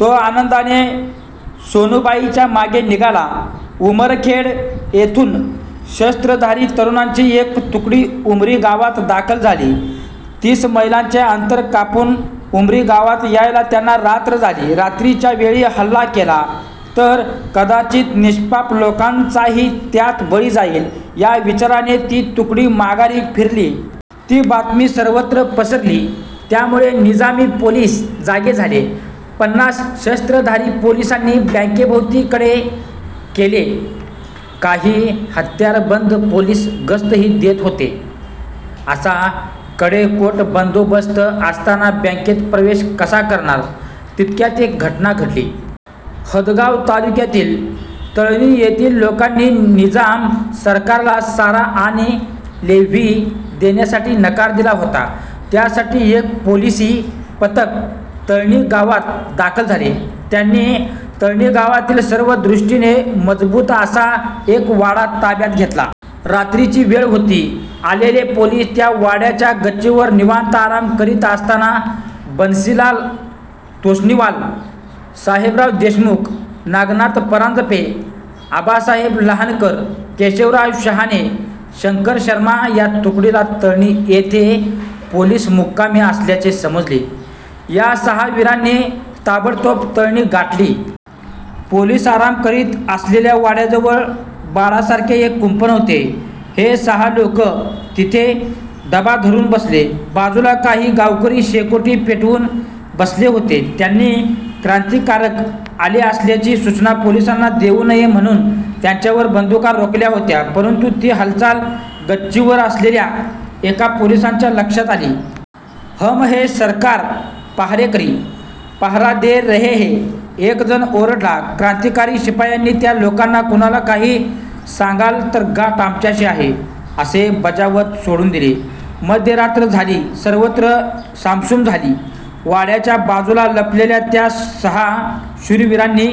तो आनंदाने सोनूबाईच्या मागे निघाला. उमरखेड येथून शस्त्रधारी तरुणांची एक तुकडी उमरी गावात दाखल झाली. तीस मैलांचे अंतर कापून उमरी गावात यायला त्यांना रात्र झाली. रात्रीच्या वेळी हल्ला केला तर कदाचित निष्पाप लोकांचाही त्यात बळी जाईल, या विचाराने ती तुकडी माघारी फिरली. ती बातमी सर्वत्र पसरली. त्यामुळे निजामी पोलीस जागे झाले. पन्नास शस्त्रधारी पोलिसांनी बँकेभोवती कडे केले. काही हत्यारबंद पोलीस गस्तही देत होते. असा कडेकोट बंदोबस्त असताना बँकेत प्रवेश कसा करणार? तितक्यात एक घटना घडली. हदगाव तालुक्यातील तळणी येथील लोकांनी निजाम सरकारला सारा आणि लेव्ही देण्यासाठी नकार दिला होता. त्यासाठी एक पोलिसी पथक तळणी गावात दाखल झाले. त्यांनी तळणी गावातील सर्व दृष्टीने मजबूत असा एक वाडा ताब्यात घेतला. रात्रीची वेळ होती. आलेले पोलीस त्या वाड्याच्या गच्चीवर निवांत आराम करीत असताना बन्सीलाल तोष्णीवाल, साहेबराव देशमुख, नागनाथ परांजपे, आबासाहेब लहानकर, केशवराव शहाणे, शंकर शर्मा या तुकडीला तळणी येथे पोलीस मुक्कामी असल्याचे समजले. या सहा वीरांनी ताबडतोब तळणी गाठली. पोलीस आराम करीत असलेल्या वाड्याजवळ बाडासारखे एक कुंपण होते. हे सहा लोक तिथे दबा धरून बसले. बाजूला काही गावकरी शेकोटी पेटवून बसले होते. त्यांनी क्रांतिकारक आले असल्याची सूचना पोलिसांना देऊ नये म्हणून त्यांच्यावर बंदुका रोखल्या होत्या, परंतु ती हालचाल गच्चीवर असलेल्या एका पोलिसाच्या लक्षात आली. हम है सरकार, पहारेकरी! पहारा दे रहे है. एकजण ओरडला. क्रांतिकारी शिपायांनी त्या लोकांना कुणाला काही सांगाल तर गाठ आमच्याशी आहे, असे बजावत सोडून दिले. मध्यरात्र झाली. सर्वत्र सामसूम झाली. वाड्याच्या बाजूला लपलेल्या त्या सहा शूरवीरांनी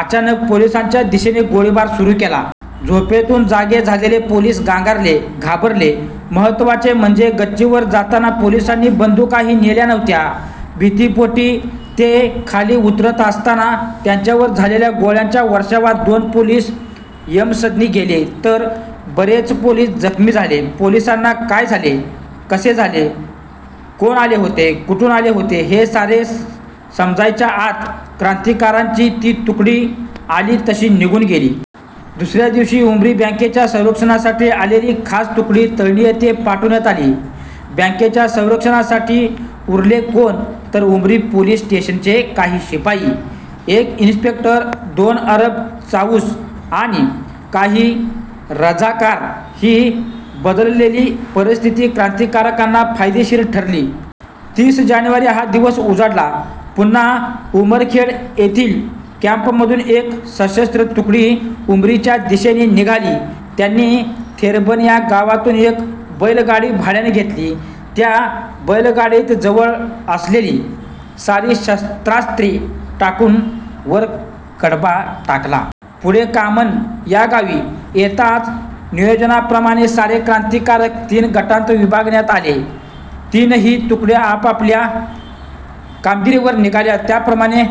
अचानक पोलिसांच्या दिशेने गोळीबार सुरू केला. झोपेतून जागे झालेले पोलीस गांगरले, घाबरले. महत्त्वाचे म्हणजे गच्चीवर जाताना पोलिसांनी बंदुकाही नेल्या नव्हत्या. भीतीपोटी ते खाली उतरत असताना त्यांच्यावर झालेल्या गोळ्यांच्या वर्षावात दोन पोलीस यमसदनी गेले, तर बरेच पोलीस जखमी झाले. पोलिसांना काय झाले, कसे झाले, कोण आले होते, कुठून आले होते, हे सारे समजायच्या आत क्रांतिकारकांची ती तुकडी आली तशी निघून गेली. दुसऱ्या दिवशी उमरी बँकेच्या संरक्षणासाठी आलेली खास तुकडी तळणी येथे पाठवण्यात आली. बँकेच्या संरक्षणासाठी उरले कोण तर उमरी पोलीस स्टेशनचे काही शिपाई, एक इन्स्पेक्टर, दोन अरब चाऊस आणि काही रझाकार! ही बदललेली परिस्थिती क्रांतिकारकांना फायदेशीर ठरली. तीस जानेवारी हा दिवस उजाडला. पुन्हा उमरखेड येथील कॅम्पमधून एक सशस्त्र तुकडी उमरीच्या दिशेने निघाली. त्यांनी थेरबन या गावातून एक बैलगाडी भाड्याने घेतली. त्या बैलगाडीत जवळ असलेली सारी शस्त्रास्त्रे टाकून वर कडबा टाकला. पुढे कामन या गावी येताच नियोजनाप्रमाणे सारे क्रांतिकारक तीन गटांत विभागण्यात आले. तीनही तुकड्या आपापल्या कामगिरीवर निघाल्या. त्याप्रमाणे